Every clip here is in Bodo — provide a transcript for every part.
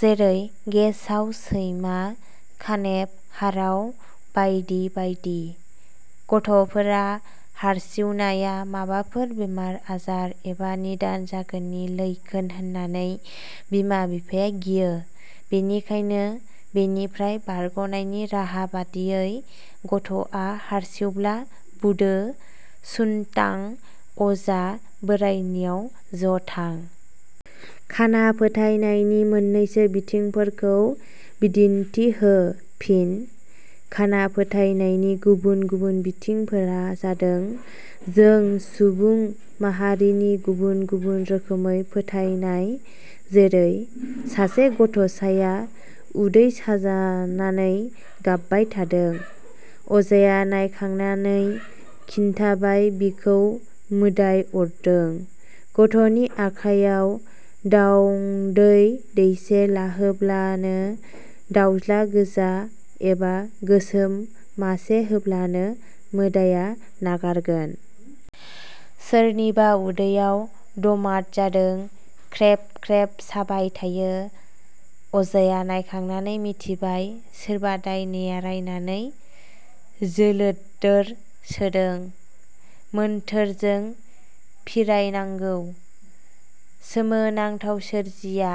जेरै – गेसाव, सैमा, खानेब, हाराव बायदि बायदि। गथ 'फोरा हारसिउनाया माबाफोर बेमार आजार एबा निदान जागोननि लैखोन होन्नानै बिमा-बिफाया गियो। बेनिखायनो बेनिफ्राय बारग 'नायनि राहा बादियै गथ'आ हारसिउब्ला बुडो – सुन्थां, अजा बोराइनियाव ज 'थां। खाना फोथायनायनि मोननैसो बिथिंफोरखौ बिदिन्थि हो। फिन: खाना फोथायनायनि गुबुन गुबुन बिथिंफोरा जादों जों सुबुं माहारिनि गुबुन गुबुन रोखोमै फोथायनाय। जेरै-सासे गथ'साया उदै साजानानै गाबबाय थादों। अजाया नायखांनानै खिन्थाबाय बिखो मोदाइ अरदों; गथ'नि आखायाव दाउंदै दैसे लाहोब्लानो, दाउज़्ला गोजा एबा गोसोम मासे होब्लानो मोदाइया नागारगोन। सोरनिबा उदैयाव दमाद जादों, ख्रेब ख्रेब साबाय थायो। अजाया नायखांनानै मिथिबाय- सोरबा दाइनाया रायनानै जोलोन्दोर सोदों; मोन्थोरजों फिरायनांगौ। सोमो नांथाव सोरजिया।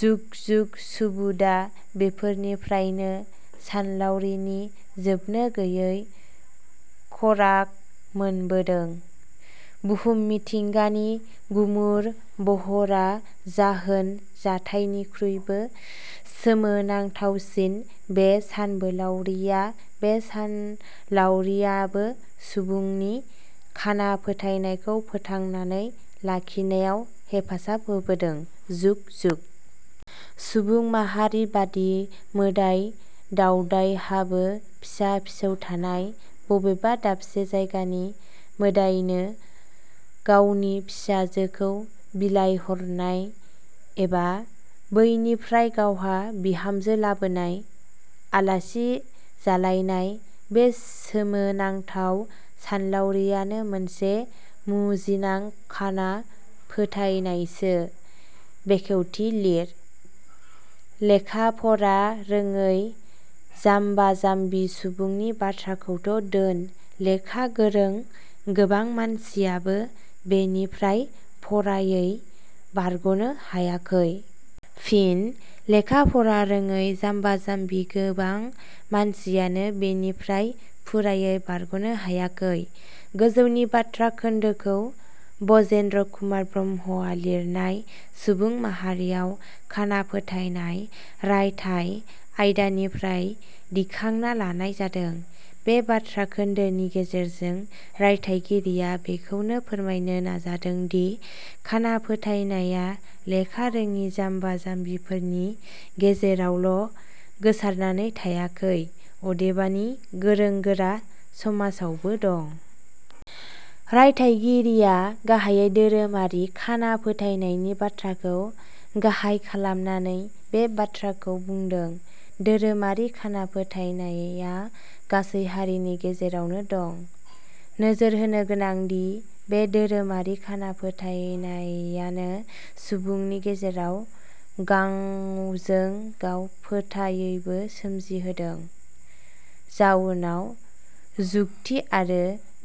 जुग जुग सुबुडा बेफोरनिफ्रायनो सानलावरिनि जोबनो गैयि खराग मोनबोदों। बुहुम मिथिंगानि गुमुर बहरा जाहोन जाथायनिखुइबो सोमो नांथावसिन बे सानबोलाउरिया बे सानलावरियाबो सुबुंनि खाना फोथायनायखौ फोथांनानै लाखिनायाव हेफाजाब होबोदों जुग-जुग। सुबुं माहारिबादि मोदाइ- दाउदायहाबो फिसा फिसौ थानाय, बबेबा दाबसे जायगानि मोदाइनो गावनि फिसाजोखौ बिलाय हरनाय, एबा बैनिफ्राय गावहा बिहामजो लाबोनाय, आलासि जालायनाय बे सोमो नांथाव सानलावरियानो मोनसे मुजिनां खाना फोथायनायसो।. बेखेवथि लिर:- लेखा-फरा रोङै-जाम्बा-जाम्बि सुबुंनि बाथ्राखौथ' दोन, लेखा गोरों गोबां मानसियाबो बेनिफ्राय फरायै बारगनो हायाखै। फिन: "लेखा-फरा रोङै जाम्बा-जाम्बि गोबां मानसियानो बेनिफ्राय फुरायै बारगनो हायाखै। " गोजौनि बाथ्रा खोन्दोखौ ब्रजेन्द्र कुमार ब्रह्मआ लिरनाय सुबुं माहारियाव खाना फोथाइनाय रायथाइ आयदानिफ्राय दिखांना लानाय जादों। बे बाथ्रा खोन्दोनि गेजेरजों रायथाइगिरिया बेखौनो फोरमायनो नाजादोंदि खाना फोथायनाया लेखा रोङि जाम्बा जाम्बिफोरनि गेजेरावल' गोसारनानै थायाखै अदेबानि गोरों-गोरा समाजावबो दं। रायथाइगिरिया गाहायै धोरोमारि खाना फोथायनायनि बाथ्राखौ गाहाइ खालामनानै बे बाथ्राखौ बुंदों। धोरोमारि खाना फोथायनाया गासै हारिनि गेजेरावनो दं। नोजोर होनो गोनांदि बे धोरोमारि खाना फोथायनायानो सुबुंनि गेजेराव गांवजों गाव फोथायैबो सोमजिहोदों। जाउनाव जुकथि आरो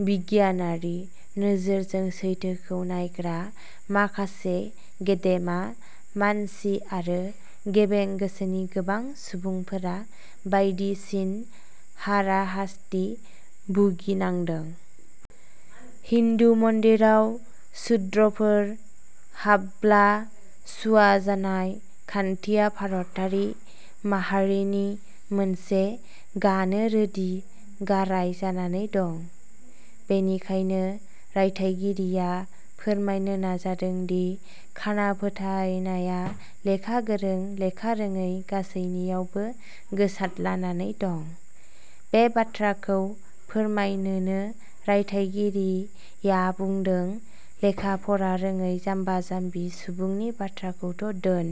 बिगियानारि नोजोरजों सैथोखौ नायग्रा माखासे गेदेमा मानसि आरो गेबें गोसोनि गोबां सुबुंफोरा बायदिसिन हाराहास्थि भुगिनांदों। हिन्दु मन्दिराव सुद्रफोर, हाबब्ला सुवा जानाय खान्थिया भारतारि माहारिनि मोनसे गानो रोडि-गाराइ जानानै दं। बेनिखायनो रायथाइगिरिया फोरमायनो नाजादोंदि खाना फोथायनाया लेखा गोरों लेखा रोङै गासैनियावबो गोसारदलानानै दं। बे बाथ्राखौ फोरमायनोनो रायथाइगिरिया बुंदों "लेखा फरा रोङै जाम्बा-जाम्बि सुबुंनि बाथ्राखौथ' दोन,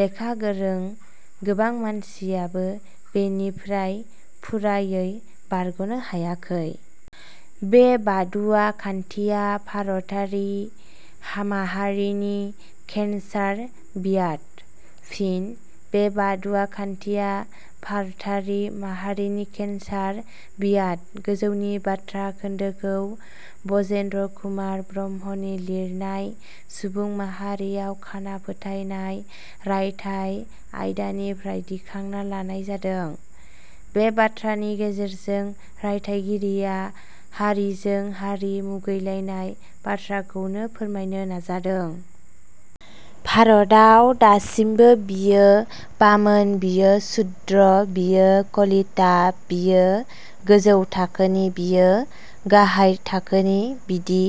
लेखा गोरों गोबां मानसियाबो बेनिफ्राय फुरायै बारगनो हायाखै। "बे बादुवा खान्थिया भारतारि माहारिनि केन्सार बियाद"। फिन: "बे बादुवा खान्थिया भारतारि माहारिनि केन्सार बियाद" गोजौनि बाथ्रा खोन्दोखौ ब्रजेन्द्र कुमार ब्रह्मनि लिरनाय "सुबुं माहारियाव खाना फोथायनाय रायथाइ आयदानिफ्राय दिखांना लानाय जादों। बे बाथ्रानि गेजेरजों रायथाइगिरिया हारिजों हारि मुगैलायनाय बाथ्राखौनो फोरमायनो नाजादों। भारताव दासिमबो बियो बामोन बियो सुद्र, बियो कलिता, बियो गोजौ थाखोनि बियो गाहाय थाखोनि बिदि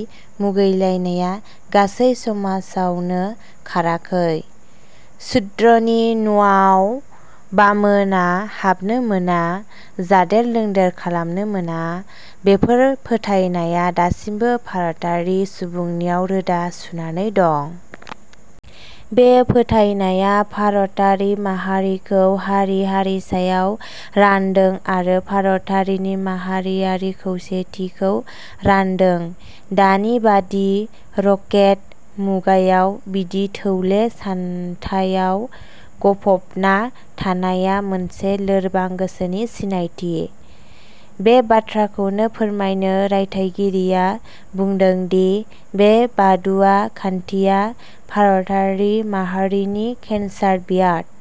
मुगैलायनाया गासै समाजावनो खाराखै। सुद्रनि नवाव बामोना हाबनो मोना जादेर लोंदेर खालामनो मोना बेफोर फोथायनाया दासिमबो भारतारि सुबुंनियाव रोदा सुनानै दं। बे फोथायनाया भारतारि माहारिखौ हारि-हारिसायाव रान्दों आरो भारतारिनि माहारियारि खौसेथिखौ रान्दों। दानि बादि रकेट मुगायाव बिदि थौले सान्थायाव गफबना थानाया मोनसे लोरबां गोसोनि सिनायथि। बे बाथ्राखौनो फोरमायनो रायथाइगिरिया बुंदोदि बे बादुवा खान्थिया भारतारि माहारिनि केन्सार बियाद।